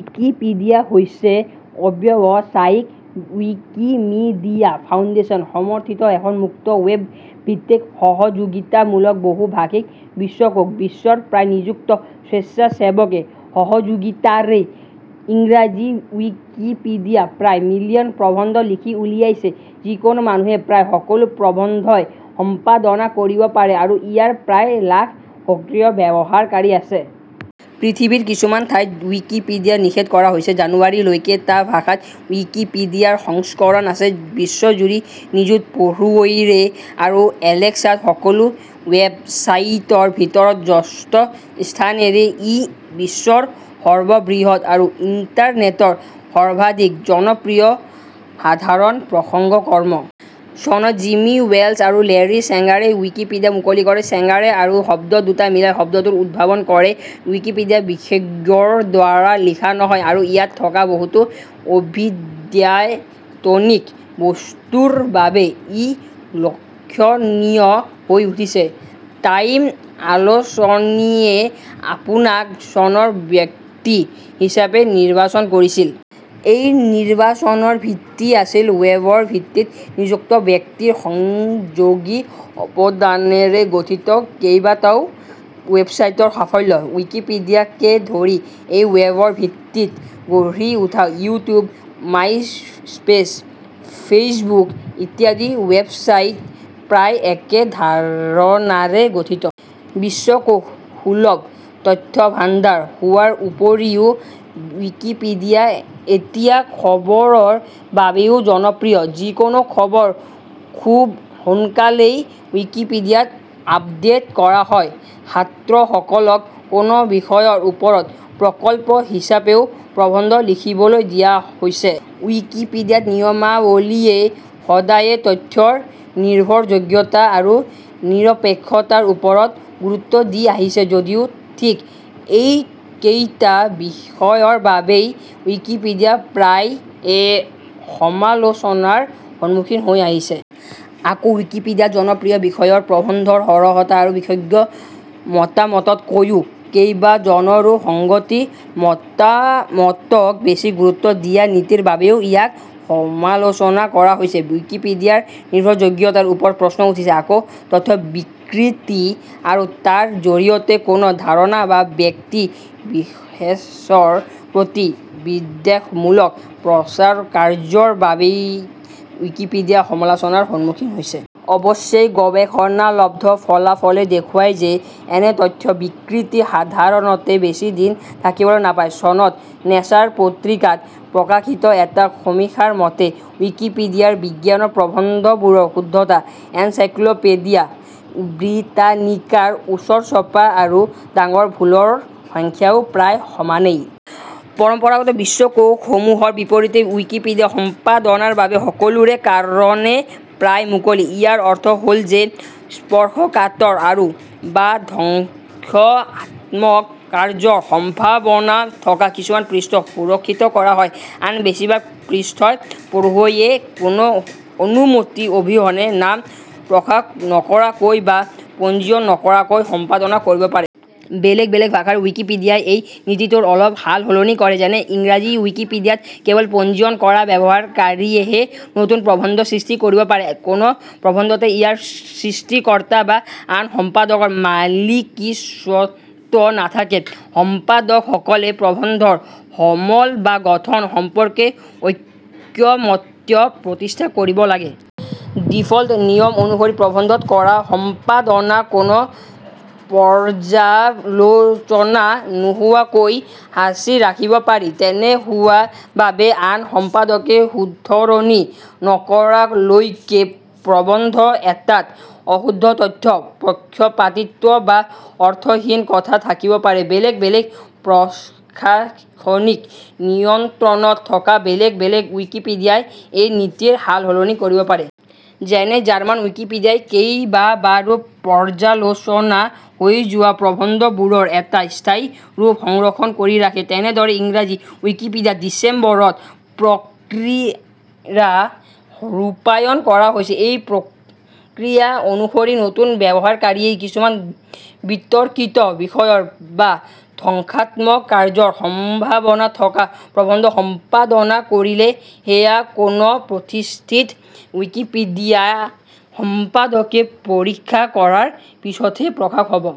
Wikipedia হৈছে অব্যৱসায়িক Wikimedia foundation সমৰ্থিত এখন মুক্ত, ৱেব-ভিত্তিক, সহযোগিতামূলক, বহুভাষিক বিশ্বকোষ। বিশ্বৰ প্ৰায় নিযুত স্বেচ্ছাসেৱকে সহযোগিতাৰে ইংৰাজী ৱিকিপিডিয়া প্ৰায় মিলিয়ন প্ৰবন্ধ লিখি উলিয়াইছে। যিকোনো মানুহে প্ৰায় সকলো প্ৰবন্ধই সম্পাদনা কৰিব পাৰে আৰু ইয়াৰ প্ৰায় লাখ সক্ৰিয় ব্যৱহাৰকাৰী আছে। পৃথিৱীৰ কিছুমান ঠাইত ৱিকিপিডিয়া নিষেধ কৰা হৈছে। জানুৱাৰী লৈকে টা ভাষাত ৱিকিপিডিয়াৰ সংস্কৰণ আছে। বিশ্বজুৰি নিযুত পঢ়ুৱৈৰে আৰু এলেক্সাত সকলো ৱেবছাইটৰ ভিতৰত ষষ্ঠ স্থানেৰে ই বিশ্বৰ সৰ্ববৃহৎ আৰু ইণ্টাৰনেট ৰ সৰ্বাধিক জনপ্ৰিয় সাধাৰণ প্ৰসংগ কৰ্ম। চনত জিম্মী ৱেলছ আৰু লেৰী ছেংগাৰে ৱিকিপিডিয়া মুকলি কৰে। ছেংগাৰে আৰু শব্দ দুটা মিলাই শব্দটোৰ উদ্ভাৱন কৰে। ৱিকিপিডিয়া বিশেষজ্ঞৰদ্বাৰা লিখা নহয় আৰু ইয়াত থকা বহুতো অবিদ্যায়তনিক বস্তুৰবাবে ই লক্ষণীয় হৈ উঠিছে। টাইম আলোচনীয়ে 'আপোনাক' ' চনৰ ব্যক্তি' হিচাপে নিৰ্বাচন কৰিছিল। এই নিৰ্বাচনৰ ভিত্তি আছিল 'ৱেব- '-ৰ ভিত্তিত নিযুত ব্যক্তিৰ সংযোগী অৱদানেৰে গঠিত কেবাটও ৱেবছাইটৰ সাফল্য। 'ৱিকিপিডিয়া'কে ধৰি এই 'ৱেব- 'ৰ ভিত্তিত গঢ়ি উঠা ইউটিউব, মাইস্পেছ, ফেইচবুক ইত্যাদি ৱেবছাইট প্ৰায় একে ধাৰণাৰে গঠিত। বিশ্বকোষ সুলভ তথ্যভাণ্ডাৰ হোৱাৰ উপৰিও ৱিকিপিডিয়া এতিয়া খবৰৰ বাবেও জনপ্ৰিয়, যিকোনো খবৰ খুব সোনকালেই ৱিকিপিডিয়াত আপডে'ট কৰা হয়। ছাত্ৰসকলক কোনো বিষয়ৰ ওপৰত প্ৰকল্প হিচাপেও প্ৰবন্ধ লিখিবলৈ দিয়া হৈছে। ৱিকিপিডিয়াত নিয়মাৱলীয়ে সদায়ে তথ্যৰ নিৰ্ভৰযোগ্যতা আৰু নিৰপেক্ষতাৰ ওপৰত গুৰুত্ব দি আহিছে যদিও, ঠিক এইকেইটা বিষয়ৰ বাবেই ৱিকিপিডিয়া প্ৰায়েই সমালোচনাৰ সম্মুখীন হৈ আহিছে। আকৌ ৱিকিপিডিয়াত জনপ্ৰিয় বিষয়ৰ প্ৰবন্ধৰ সৰহতা আৰু বিশেষজ্ঞ মতামততকৈও কেবাজনৰো সংগঠিত মতামতক বেছি গুৰুত্ব দিয়া নীতিৰ বাবেও ইয়াক সমালোচনা কৰা হৈছে। ৱিকিপিডিয়াৰ নিৰ্ভৰযোগ্যতাৰ ওপৰত প্ৰশ্ন উঠিছে। আকৌ তথ্য-বিকৃতি আৰু তাৰ জৰিয়তে কোনো ধাৰণা বা ব্যক্তি-বিশেষৰ প্ৰতি বিদ্বেষমূলক প্ৰচাৰকাৰ্য্যৰ বাবেই ৱিকিপিডিয়া সমালোচনাৰ সম্মুখীন হৈছে। অৱশ্যে গৱেষণালব্ধ ফলাফলে দেখুৱায় যে এনে তথ্য-বিকৃতি সাধাৰণতে বেছি দিন থাকিবলৈ নাপায়। চনত 'নেচাৰ' পত্ৰিকাত প্ৰকাশিত এটা সমীক্ষাৰ মতে ৱিকিপিডিয়াৰ বিজ্ঞানৰ প্ৰবন্ধবোৰৰ শুদ্ধতা এনচাইক্ল'পেডিয়া ব্ৰিটানিকা -ৰ ওচৰচপা আৰু 'ডাঙৰ ভুল'ৰ সংখ্যাও প্ৰায় সমানেই। পৰম্পৰাগত বিশ্বকোষসমূহৰ বিপৰীতে ৱিকিপিডিয়া সম্পাদনাৰ বাবে সকলোৰে কাৰণে প্ৰায় মুকলি। ইয়াৰ অৰ্থ হ'ল যে স্পৰ্শকাতৰ আৰু বা ধ্বংসাত্মক কাৰ্যৰ সম্ভাৱনা থকা কিছুমান পৃষ্ঠা সুৰক্ষিত কৰা হয়। আন বেছিভাগ পৃষ্ঠাই পঢ়ুৱৈয়ে কোনো অনুমতি অবিহনে, নাম প্ৰকাশ নকৰাকৈ বা পঞ্জীয়ন নকৰাকৈ সম্পাদনা কৰিব পাৰে। বেলেগ বেলেগ ভাষাৰ ৱিকিপিডিয়াই এই নীতিটোৰ অলপ সালসলনি কৰে, যেনে- ইংৰাজী ৱিকিপিডিয়াত কেৱল পঞ্জীয়ন কৰা ব্যৱহাৰকাৰীয়েহে নতুন প্ৰবন্ধ সৃষ্টি কৰিব পাৰে। কোনো প্ৰবন্ধতে ইয়াৰ সৃষ্টিকৰ্তা বা আন সম্পাদকৰ মালিকীস্বত্ব নাথাকে। সম্পাদকসকলে প্ৰবন্ধৰ সমল বা গঠন সম্পৰ্কে ঐকমত্য প্ৰতিষ্ঠা কৰিব লাগে। ডিফল্ট নিয়ম অনুসৰি প্ৰবন্ধত কৰা সম্পাদনা কোনো পৰ্যালোচনা নোহোৱাকৈ সাঁচি ৰাখিব পাৰি। তেনে হোৱা বাবে আন সম্পাদকে শুধৰণি নকৰালৈকে প্ৰবন্ধ এটাত অশুদ্ধ তথ্য, পক্ষপাতিত্ব, বা অৰ্থহীন কথা থাকিব পাৰে। বেলেগ বেলেগ প্ৰশাসনিক নিয়ন্ত্ৰণত থকা বেলেগ বেলেগ ৱিকিপিডিয়াই এই নীতিৰ সালসলনি কৰিব পাৰে। যেনে- জাৰ্মান ৱিকিপিডিয়াই কেইবাবাৰো পৰ্যালোচনা হৈ যোৱা প্ৰবন্ধবোৰৰ এটা স্থায়ী ৰূপ সংৰক্ষণ কৰি ৰাখে। তেনেদৰে ইংৰাজী ৱিকিপিডিয়াত ডিচেম্বৰ ত "" প্ৰক্ৰিয়া ৰূপায়ণ কৰা হৈছে। এই প্ৰক্ৰিয়া অনুসৰি নতুন ব্যৱহাৰকাৰীয়ে কিছুমান বিতৰ্কিত বিষয়ৰ বা ধ্বংসাত্মক কাৰ্যৰ সম্ভাৱনা থকা প্ৰবন্ধ সম্পাদনা কৰিলে সেয়া কোনো "প্ৰতিষ্ঠিত ৱিকিপিডিয়া সম্পাদকে পৰীক্ষা কৰাৰ পিছতহে প্ৰকাশ হ'ব। "।